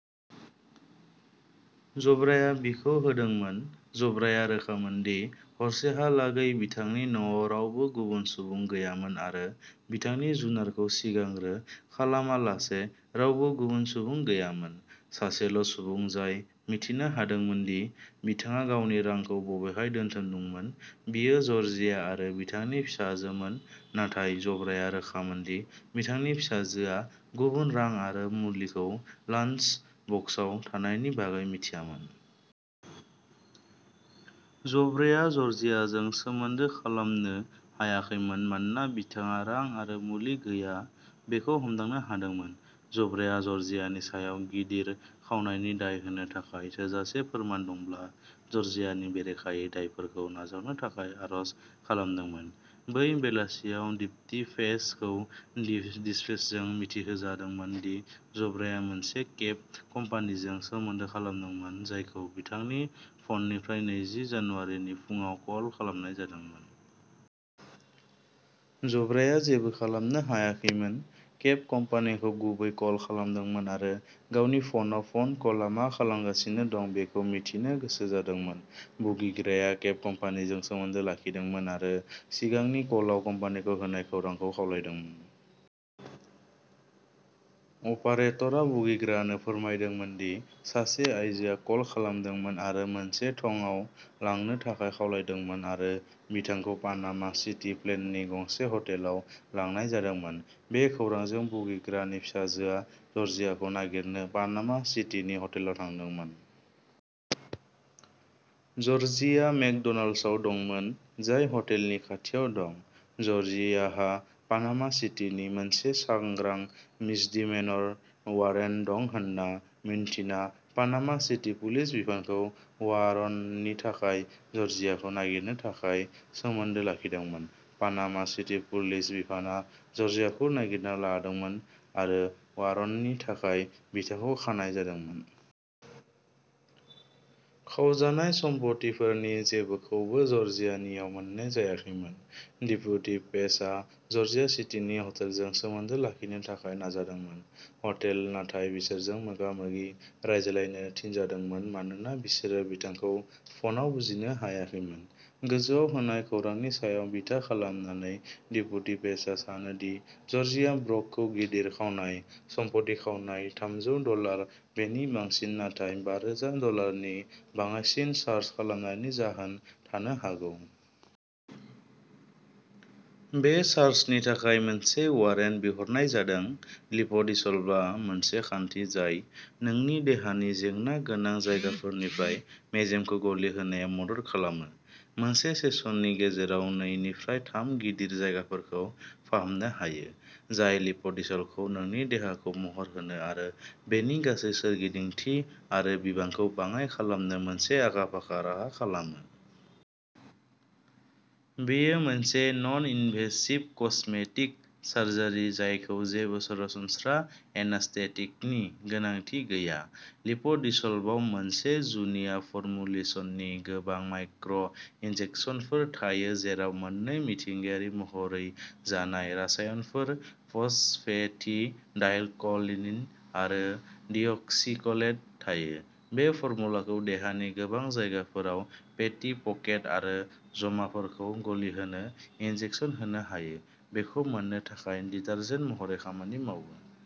जब्राया बिखौ होदोंमोन। जब्राया रोखामोन दि हरसेहालागै बिथांनि न'आव रावबो गुबुन सुबुं गैयामोन आरो बिथांनि जुनारखौ सिगांग्रो खालामालासे रावबो गुबुन सुबुं गैयामोन। सासेल सुबुं जाय मिथिनो हादोंमोन दि बिथाङा गावनि रांखौ बबेहाय दोनथुमदोंमोन बियो जर्जिया आरो बिथांनि फिसाजोमोन नाथाय जब्राया रोखामोन दि बिथांनि फिसाजोआ गुबुन रां आरो मुलिखौ लान्स बक्सआव थानायनि बागै मिथियामोन। जब्राया जर्जियाजों सोमोन्दो खालामनो हायाखैमोन मानोना बिथाङा रां आरो मुलि गैया बेखौ हमदांनो हादोंमोन। जब्राया जर्जियानि सायाव गिदिर खावनायनि दाय होनो थाखाय थोजासे फोरमान दंब्ला जर्जियानि बेरेखायै दायफोरखौ नाजावनो थाखाय आर'ज खालामदोंमोन। बै बेलासियाव डिप्टी पेजखौ डिस्पेचजों मिथिहोजादोंमोन दि जब्राया मोनसे केब कम्पानिजों सोमोन्दो खालामदोंमोन जायखौ बिथांनि फ'ननिफ्राय नैजि जानुवारिनि फुंआव कल खालामनाय जादोंमोन। जब्राया जेबो खालामनो हायाखैमोन। केब कम्पानिखौ गुबै कल खालामदोंमोन आरो गावनि फनाव फन कलआ मा खालामगासिनो दं बेखौ मिथिनो गोसो जादोंमोन। भुगिग्राया केब कम्पानिजों सोमोन्दो लाखिदोंमोन आरो सिगांनि कलआव कम्पानिखौ होनाय खौरांखौ खावलायदोंमोन। अपारेटरआ भुगिग्रानो फोरमायदोंमोन दि सासे आइजोआ कल खालामदोंमोन आरो मोनसे थंआव लांनो थाखाय खावलायदोंमोन आरो बिथांखौ पानामा सिटि फ्लेननि गंसे हटेलाव लांनाय जादोंमोन। बे खौरांजों भुगिग्रानि फिसाजोआ जर्जियाखौ नागिरनो पानामा सिटीनि हटेलाव थांदोंमोन। जर्जिया मेकडोनाल्ड्सआव दंमोन जाय हटेलनि खाथियाव दं। जर्जियाहा पानामा सिटीनि मोनसे सांग्रां मिसडिमेनर वारेन्ट दं होन्ना मिन्थिना पानामा सिटी पुलिस बिफानखौ वारन्टनि थाखाय जर्जियाखौ नागिरनो थाखाय सोमोन्दो लाखिदोंमोन। पानामा सिटी पुलिस बिफानआ जर्जियाखौ नागिरना लादोंमोन आरो वारन्टनि थाखाय बिथांखौ खानाय जादोंमोन। खावजानाय सम्पथिफोरनि जेबोखौबो जर्जियानियाव मोन्नाय जायाखैमोन। डेप्युटी पेजआ जर्जिया सिटिनि हटेलजों सोमोन्दो लाखिनो थाखाय नाजादोंमोन। हटेल नाथाय बिसोरजों मोगामोगि रायज्लायनो थिनजादोंमोन मानोना बिसोरो बिथांखौ फनआव बुजिनो हायाखैमोन। गोजौआव होनाय खौरांनि सायाव बिथा खालामनानै डेप्युटी पेजआ सानो दि जर्जिया ब्रकखौ गिदिर खावनाय, सम्पथि खावनाय थामजौ डलार बेनि बांसिन नाथाय बारोजा डलारनि बाङाइसिन चार्ज खालामनायनि जाहोन थानो हागौ। बे चार्जनि थाखाय मोनसे वारेन्ट बिहरनाय जादों। लिप'डिसलभआ मोनसे खान्थि जाय नोंनि देहानि जेंना गोनां जायगाफोरनिफ्राय मेजेमखौ गलिहोनायाव मदद खालामो। मोनसे सेसननि गेजेराव नैनिफ्राय थाम गिदिर जायगाफोरखौ फाहामनो हायो। जाय लिप'डिसलभखौ नोंनि देहाखौ महर होनो आरो बेनि गासै सोरगिदिंथि आरो बिबांखौ बाङाइ खालामनो मोनसे आखा-फाखा राहा खालामो। बेयो मोनसे ननइनभेसिभ कस्मेटिक सार्जारि जायखौ जेबो सरासनस्रा एनास्थेटिकनि गोनांथि गैया। लिप'डिसलभआव मोनसे जुनिया फर्मुलेसननि गोबां माइक्र'- इन्जेक्सनफोर थायो जेराव मोननै मिथिंगायारि महरै जानाय रासायनफोर फस्फेटिडाइलक'लिन आरो डिअक्सिक'लेट थायो। बे फर्मुलाखौ देहानि गोबां जायगाफोराव फेटि पकेट आरो जमाफोरखौ गलिहोनो इन्जेकसन होनो हायो। बेखौ मोननो थाखाय डिटारजेन्ट महरै खामानि मावो।